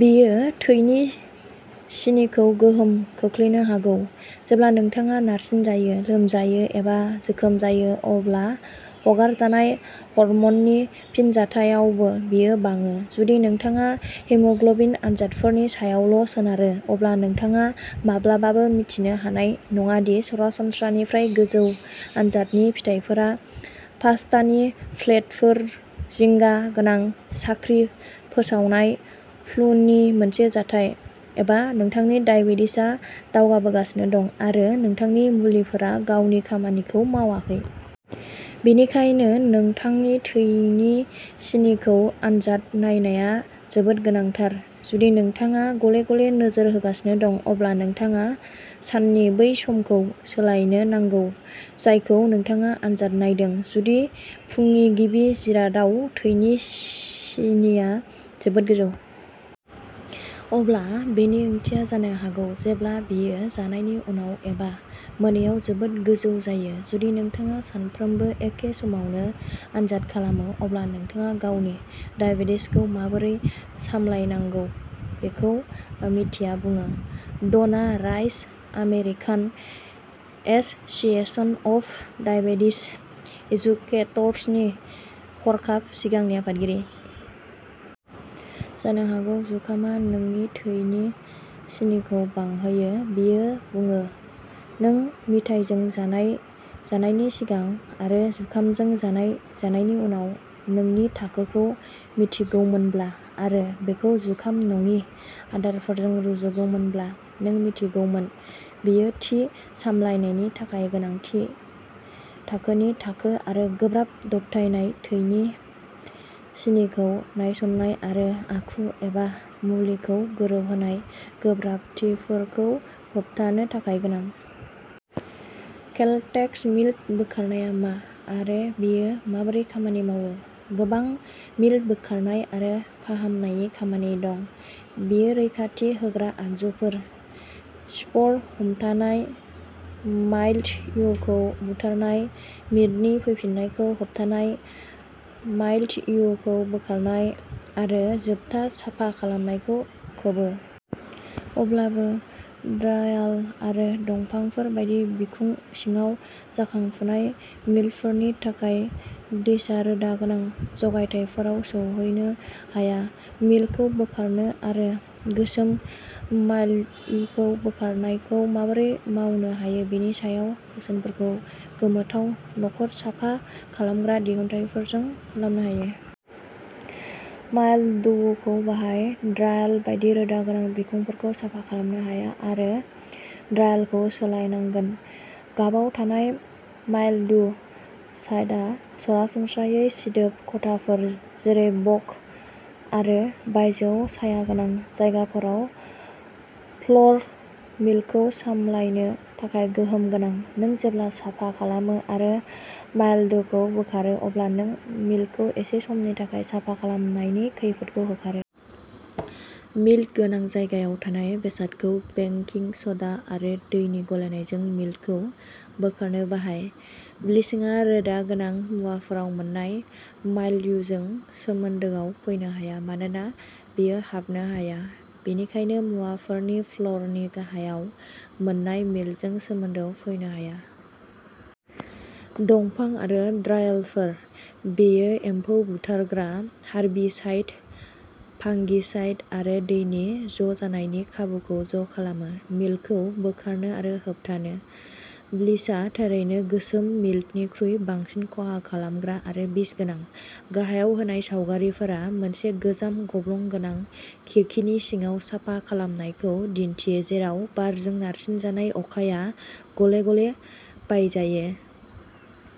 बेयो थैनि सिनिखौ गोहोम खोख्लैनो हागौ। जेब्ला नोंथाङा नारसिनजायो, लोमजायो, एबा जोखोम जायो अब्ला हगारजानाय हर्म'ननि फिनजाथायावबो बेयो बाङो। जुदि नोंथाङा हिम'ग्लबिन आनजादफोरनि सायावल' सोनारो अब्ला नोंथाङा माब्लाबाबो मिन्थिनो हानाय नङा दि सरासनस्रानिफ्राय गोजौ आनजादनि फिथायफोरा पास्तानि प्लेटफोर जिंगा गोनां साख्रि फोसावनाय, फ्लुनि मोनसे जाथाय, एबा नोंथांनि दाइबेटिसआ दावगाबोगासिनो दं आरो नोंथांनि मुलिफोरा गावनि खामानिखौ मावाखै। बेनिखायनो नोंथांनि थैनि सिनिखौ आनजाद नायनाया जोबोद गोनांथार। जुदि नोंथाङा गले-गले नोजोर होगासिनो दं अब्ला नोंथाङा साननि बै समखौ सोलायनो नांगौ जायखौ नोंथाङा आनजाद नायदों। जुदि फुंनि गिबि जिरादआव थैनि सिनिआ जोबोद गोजौ। अब्ला बेनि ओंथिया जानो हागौ जेब्ला बेयो जानायनि उनाव एबा मोनायाव जोबोद गोजौ जायो। जुदि नोंथाङा सानफ्रोमबो एखे समावनो आनजाद खालामो अब्ला नोंथाङा गावनि दाइबेटिसखौ माबोरै सामलायनांगौ बेखौ मिन्थिया बुङो। Donna Rice American Association of Diabetes एजुकेटर्सनि हरखाब सिगांनि आफादगिरि। जानो हागौ जुखामा नोंनि थैनि सिनिखौ बांहोयो। बियो बुङो नों मिथाइजों जानाय जानायनि सिगां आरो जुखामजों जानाय जानायनि उनाव नोंनि थाखोखौ मिन्थिगौमोनब्ला आरो बेखौ जुखाम नङि आदारफोरजों रुजुगौमोनब्ला नों मिन्थिगौमोन। बेयो थि सामलायनायनि थाखाय गोनां थि थाखोनि थाखो आरो गोब्राब दबथायनाय थैनि सिनिखौ नायसंनाय आरो आखु एबा मुलिखौ गोरोबहोनाय गोब्राबथिफोरखौ होबथानो थाखाय गोनां। केलटेक्स मोल्ड बोखारनाया मा आरो बेयो माबोरै खामानि मावो? गोबां मोल्ड बोखारनाय आरो फाहामनायनि खामानि दं। बेयो रैखाथि होग्रा आगजुफोर, स्पर हमथानाय, माइलडयुखौ बुथारनाय, मोल्डनि फैफिन्नायखौ होबथानाय, माइलडयुखौ बोखारनाय आरो जोबथा साफा खालामनायखौ खोबो। अब्लाबो ड्राइवाल आरो दंफांफोर बायदि बिखं सिङाव जाखांफुनाय मोल्डफोरनि थाखाय ब्लिचआ रोदा गोनां जगायथायफोराव सौहैनो हाया। मोल्डखौ बोखारनो आरो गोसोम माइलडयुखौ बोखारनायखौ माबोरै मावनो हायो बेनि सायाव बोसोनफोरखौ गोमोथाव नखर साफा खालामग्रा दिहुनथायफोरजों खालामनो हायो। माइलडयुखौ बाहाय। ड्राइवाल बायदि रोदा गोनां बिखंफोरखौ साफा खालामनो हाया आरो ड्राइवालखौ सोलायनांगोन। गाबाव थानाय माइलडयु साइडआ सरासनस्रायै सिदोब खथाफोर जेरै बग आरो बायजोयाव सायागोनां जायगाफोराव फ्ल'र मोल्डखौ सामलायनो थाखाय गोहोम गोनां। नों जेब्ला साफा खालामो आरो माइलडयुखौ बोखारो अब्ला नों मोल्डखौ एसे समनि थाखाय साफा खालामनायनि खैफोदखौ होखारो। मोल्ड गोनां जायगायाव थानाय बेसादखौ बेकिं स'डा आरो दैनि गलायनायजों मोल्डखौ बोखारनो बाहाय। ब्लिचआ रोदा गोनां मुवाफोराव मोन्नाय माइलडयुजों सोमोन्दोआव फैनो हाया मानोना बेयो हाबनो हाया। बेनिखायनो मुवाफोरनि फ्ल'रनि गाहायाव मोन्नाय मोल्डजों सोमोन्दोआव फैनो हाया। दंफां आरो ड्राइवालफोर। बेयो एम्फौ बुथारग्रा, हार्बिसाइड, फांगिसाइड आरो दैनि ज'जानायनि खाबुखौ ज'खालामो। मोल्डखौ बोखारनो आरो होबथानो। ब्लिचआ थारैनो गोसोम मोल्डनिख्रुइ बांसिन खहा खालामग्रा आरो बिस गोनां। गाहायाव होनाय सावगारिफोरा मोनसे गोजाम गब्लं गोनां खिरखिनि सिङाव साफा खालामनायखौ दिन्थियो जेराव बारजों नारसिनजानाय अखाया गले-गले बायजायो।